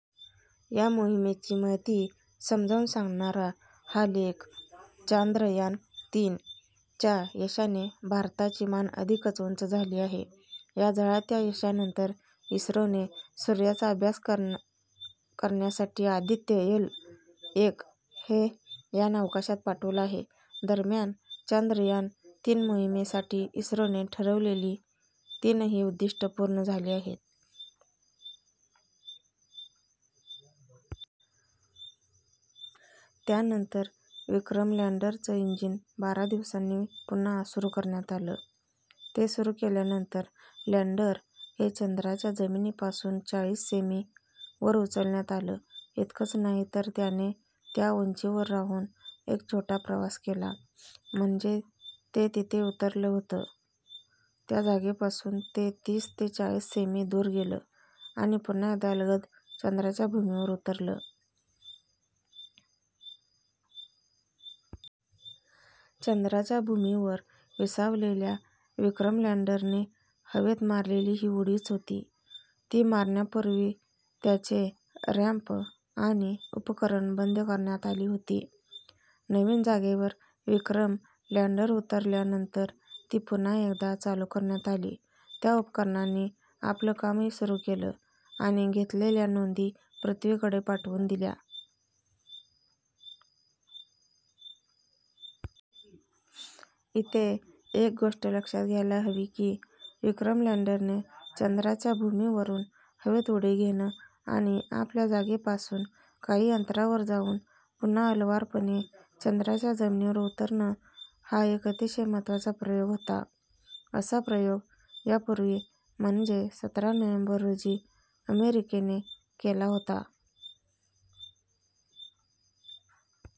या मोहिमेची महती समजावून सांगणारा हा लेख- चांद्रयान- तीन च्या यशाने भारताची मान अधिकच उंच झाली आहे. या झळाळत्या यशानंतर इस्रोने सूर्याचा अभ्यासकरण्यासाठी आदित्य एल एक हे यान अवकाशात पाठवलं आहे. दरम्यान, चांद्रयान-तीन मोहिमेसाठी इस्रोने ठरवलेली तीनही उद्दिष्टं पूर्ण झाली आहेत. त्यानंतर विक्रम लँडरचं इंजिन बारा दिवसांनीपुन्हा सुरू करण्यात आलं. ते सुरू केल्यानंतर लँडर हे चंद्राच्या जमिनीपासून चाळीस सेंमी वर उचलण्यात आलं. इतकंच नाही, तर त्याने त्या उंचीवर राहून एक छोटाप्रवास केला. म्हणजे ते जिथे उतरलं होतं, त्या जागेपासून ते तीस ते चाळीस सेंमी दूर गेलं आणिपुन्हा एकदा अलगद चंद्राच्या भूमीवर उतरलं. चंद्राच्या भूमीवर विसावलेल्या विक्रमलँडरने हवेत मारलेली ही उडीच होती. ती मारण्यापूर्वीत्याचे रॅम्प आणि उपकरणं बंद करण्यात आली होती. नवीन जागेवर विक्रम लँडरउतरल्यानंतर ती पुन्हा एकदा चालू करण्यात आली. त्या उपकरणांनी आपलं कामही सुरू केलंआणि घेतलेल्या नोंदी पृथ्वीकडे पाठवून दिल्या. इथे एक गोष्ट लक्षात घ्यायला हवी, की विक्रमलँडरने चंद्राच्या भूमीवरून हवेत उडी घेणं आणि आपल्याजागेपासून काही अंतरावर जाऊन पुन्हा अलवारपणे चंद्राच्या जमिनीवर उतरणंहा एक अतिशय महत्त्वाचा प्रयोग होता. असा प्रयोग यापूर्वी, म्हणजे सतरा नोव्हेंबर रोजी, अमेरिकेने केला होता.